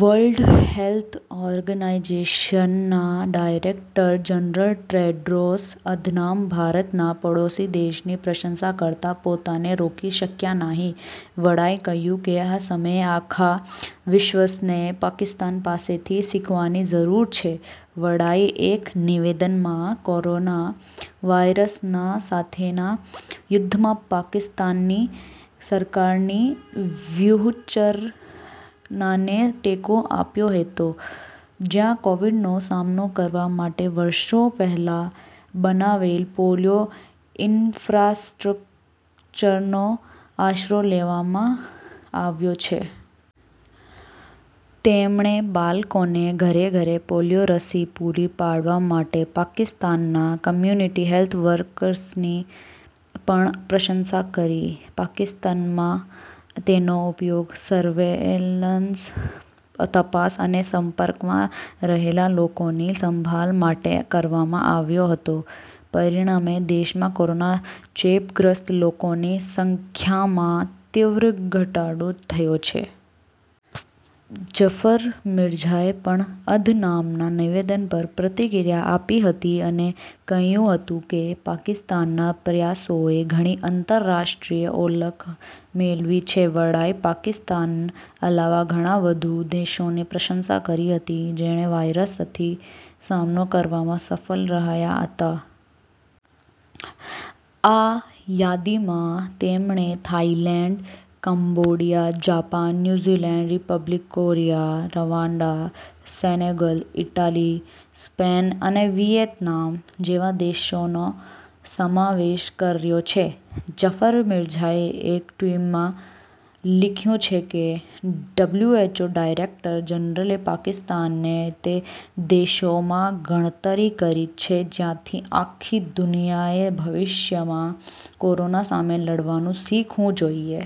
World Health Organization ના director general Tedros Adhanom ભારતના પાડોશી દેશની પ્રશંસા કરતા પોતાને રોકી શક્યા નહીં. વડાએ કહ્યું કે આ સમયે આખા વિશ્વને પાકિસ્તાન પાસેથી શીખવાની જરૂર છે. વડાએ એક નિવેદનમાં, કોરોના વાયરસના સાથેના યુદ્ધમાં પાકિસ્તાનની સરકારની વ્યૂહરચનાને ટેકો આપ્યો હતો, જ્યાં કોવિડ નો સામનો કરવા માટે વર્ષો પહેલા બનાવેલ પોલિયો ઇન્ફ્રાસ્ટ્રક્ચરનો આશરો લેવામાં આવ્યો છે. તેમણે બાળકોને ઘરે-ઘરે પોલિયો રસી પૂરી પાડવા માટે પાકિસ્તાનના કમ્યુનિટી હેલ્થ વર્કર્સની પણ પ્રશંસા કરી. પાકિસ્તાનમાં તેનો ઉપયોગ સર્વેલન્સ, તપાસ અને સંપર્કમાં રહેલા લોકોની સંભાળ માટે કરવામાં આવ્યો હતો. પરિણામે, દેશમાં કોરોના ચેપગ્રસ્ત લોકોની સંખ્યામાં તીવ્ર ઘટાડો થયો છે. ઝફર મિર્ઝાએ પણ અધનામના નિવેદન પર પ્રતિક્રિયા આપી હતી અને કહ્યું હતું કે પાકિસ્તાનના પ્રયાસોએ ઘણી આંતરરાષ્ટ્રીય ઓળખ મેળવી છે. વડાએ પાકિસ્તાન ઉપરાંત ઘણા વધુ દેશોની પ્રશંસા કરી હતી, જેણે વાયરસથી સામનો કરવામાં સફળ રહ્યા હતા. આ યાદીમાં તેમણે Thailand, Cambodia, Japan, New Zealand, Republic Korea, Rwanda, Senegal, Italy, Spain અને વિયેતનામ જેવા દેશોનો સમાવેશ કર્યો છે. ઝફર મિર્ઝાએ એક ટ્વિટમાં લખ્યું છે કે, "ડબ્લ્યુએચઓ ડાયરેક્ટર જનરલે પાકિસ્તાનને તે દેશોમાં ગણતરી કરી છે જ્યાંથી આખી દુનિયાએ ભવિષ્યમાં કોરોના સામે લડવાનું શીખવું જોઈએ.